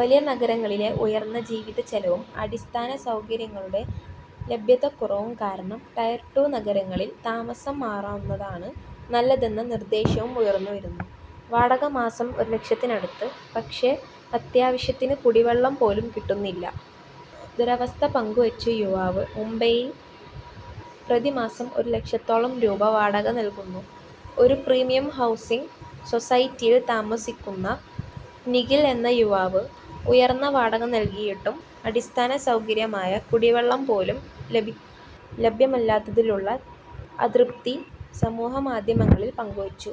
വലിയ നഗരങ്ങളിലെ ഉയർന്ന ജീവിതച്ചെലവും അടിസ്ഥാന സൗകര്യങ്ങളുടെ ലഭ്യതക്കുറവും കാരണം ടയർ ടു നഗരങ്ങളിൽ താമസം മാറുന്നതാണ് നല്ലതെന്ന നിർദ്ദേശവും ഉയർന്നു വരുന്നു. വാടക മാസം ഒരുലക്ഷത്തിനടുത്ത്; പക്ഷേ അത്യാവശ്യത്തിന് കുടിവെള്ളം പോലും കിട്ടുന്നില്ല: ദുരവസ്ഥ പങ്കുവച്ച് യുവാവ് മുംബൈയിൽ പ്രതിമാസം ഒരു ലക്ഷത്തോളം രൂപ വാടക നൽകുന്ന ഒരു പ്രീമിയം ഹൗസിങ് സൊസൈറ്റിയിൽ താമസിക്കുന്ന നിഖിൽ എന്ന യുവാവ്, ഉയർന്ന വാടക നൽകിയിട്ടും അടിസ്ഥാന സൗകര്യമായ കുടിവെള്ളം പോലും ലഭ്യമല്ലാത്തതിലുള്ള അതൃപ്തി സമൂഹമാധ്യമങ്ങളിൽ പങ്കുവെച്ചു.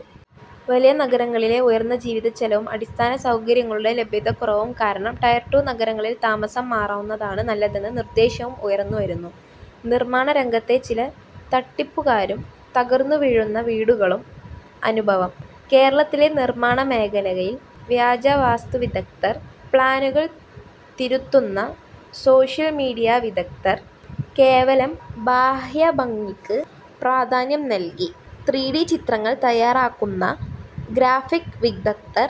വലിയ നഗരങ്ങളിലെ ഉയർന്ന ജീവിതച്ചെലവും അടിസ്ഥാന സൗകര്യങ്ങളുടെ ലഭ്യതക്കുറവും കാരണം ടയർ ടു നഗരങ്ങളിൽ താമസം മാറുന്നതാണ് നല്ലതെന്ന നിർദ്ദേശവും ഉയർന്നു വരുന്നു. നിർമാണരംഗത്തെ ചില തട്ടിപ്പുകാരും തകർന്നുവീഴുന്ന വീടുകളും; അനുഭവം കേരളത്തിലെ നിർമ്മാണമേഖലയിൽ വ്യാജ വാസ്തുവിദഗ്ധർ, പ്ലാനുകൾ തിരുത്തുന്ന സോഷ്യൽ മീഡിയ വിദഗ്ധർ, കേവലം ബാഹ്യഭംഗിക്ക് പ്രാധാന്യം നൽകി ത്രീഡി ചിത്രങ്ങൾ തയ്യാറാക്കുന്ന ഗ്രാഫിക് വിദഗ്ധർ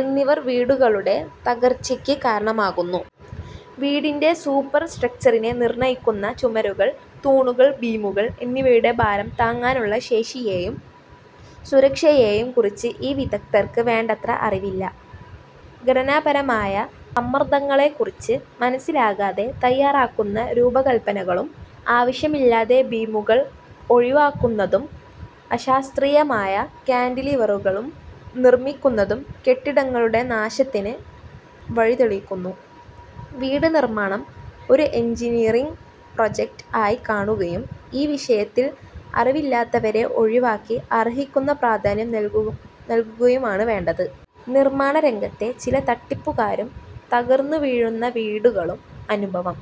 എന്നിവർ വീടുകളുടെ തകർച്ചയ്ക്ക് കാരണമാകുന്നു. വീടിന്റെ സൂപ്പർ സ്ട്രക്ച്ചറിനെ നിർണ്ണയിക്കുന്ന ചുമരുകൾ, തൂണുകൾ, ബീമുകൾ എന്നിവയുടെ ഭാരം താങ്ങാനുള്ള ശേഷിയെയും സുരക്ഷയെയും കുറിച്ച് ഈ വിദഗ്ധർക്ക് വേണ്ടത്ര അറിവില്ല. ഘടനാപരമായ സമ്മർദ്ദങ്ങളെക്കുറിച്ച് മനസ്സിലാക്കാതെ തയ്യാറാക്കുന്ന രൂപകൽപ്പനകളും, ആവശ്യമില്ലാതെ ബീമുകൾ ഒഴിവാക്കുന്നതും, അശാസ്ത്രീയമായ കാന്റിലിവറുകൾ നിർമ്മിക്കുന്നതും കെട്ടിടങ്ങളുടെ നാശത്തിന് വഴിതെളിക്കുന്നു. വീട് നിർമ്മാണം ഒരു എഞ്ചിനീയറിംഗ് പ്രോജക്റ്റ് ആയി കാണുകയും, ഈ വിഷയത്തിൽ അറിവില്ലാത്തവരെ ഒഴിവാക്കി, അർഹിക്കുന്ന പ്രാധാന്യം നൽകുകയുമാണ് വേണ്ടത്. നിർമാണരംഗത്തെ ചില തട്ടിപ്പുകാരും തകർന്നുവീഴുന്ന വീടുകളും; അനുഭവം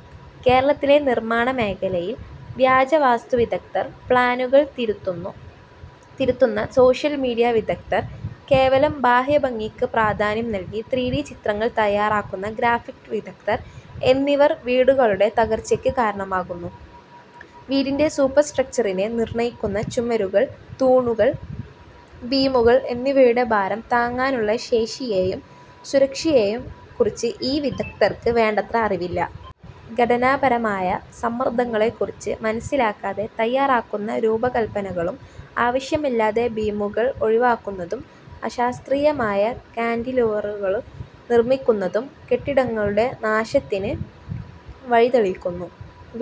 കേരളത്തിലെ നിർമ്മാണമേഖലയിൽ വ്യാജ വാസ്തുവിദഗ്ധർ, പ്ലാനുകൾ തിരുത്തുന്ന സോഷ്യൽ മീഡിയ വിദഗ്ധർ, കേവലം ബാഹ്യഭംഗിക്ക് പ്രാധാന്യം നൽകി ത്രീഡി ചിത്രങ്ങൾ തയ്യാറാക്കുന്ന ഗ്രാഫിക് വിദഗ്ധർ എന്നിവർ വീടുകളുടെ തകർച്ചയ്ക്ക് കാരണമാകുന്നു. വീടിന്റെ സൂപ്പർ സ്ട്രക്ച്ചറിനെ നിർണ്ണയിക്കുന്ന ചുമരുകൾ, തൂണുകൾ, ബീമുകൾ എന്നിവയുടെ ഭാരം താങ്ങാനുള്ള ശേഷിയെയും സുരക്ഷയെയും കുറിച്ച് ഈ വിദഗ്ധർക്ക് വേണ്ടത്ര അറിവില്ല. ഘടനാപരമായ സമ്മർദ്ദങ്ങളെക്കുറിച്ച് മനസ്സിലാക്കാതെ തയ്യാറാക്കുന്ന രൂപകൽപ്പനകളും, ആവശ്യമില്ലാതെ ബീമുകൾ ഒഴിവാക്കുന്നതും, അശാസ്ത്രീയമായ കാന്റിലിവറുകൾ നിർമ്മിക്കുന്നതും കെട്ടിടങ്ങളുടെ നാശത്തിന് വഴിതെളിക്കുന്നു.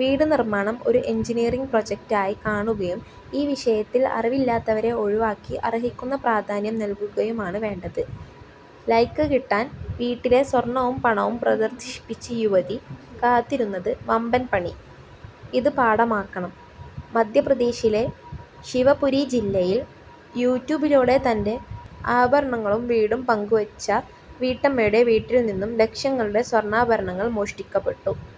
വീട് നിർമ്മാണം ഒരു എഞ്ചിനീയറിംഗ് പ്രോജക്റ്റ് ആയി കാണുകയും, ഈ വിഷയത്തിൽ അറിവില്ലാത്തവരെ ഒഴിവാക്കി, അർഹിക്കുന്ന പ്രാധാന്യം നൽകുകയുമാണ് വേണ്ടത്. ലൈക്ക് കിട്ടാൻ വീട്ടിലെ സ്വർണവും പണവും പ്രദർശിപ്പിച്ച് യുവതി: കാത്തിരുന്നത് വമ്പൻ 'പണി'; ഇത് പാഠമാകണം മധ്യപ്രദേശിലെ ശിവപുരി ജില്ലയിൽ, യൂട്യൂബിലൂടെ തൻ്റെ ആഭരണങ്ങളും വീടും പങ്കുവെച്ച വീട്ടമ്മയുടെ വീട്ടിൽ നിന്നും ലക്ഷങ്ങളുടെ സ്വർണ്ണാഭരണങ്ങൾ മോഷ്ടിക്കപ്പെട്ടു.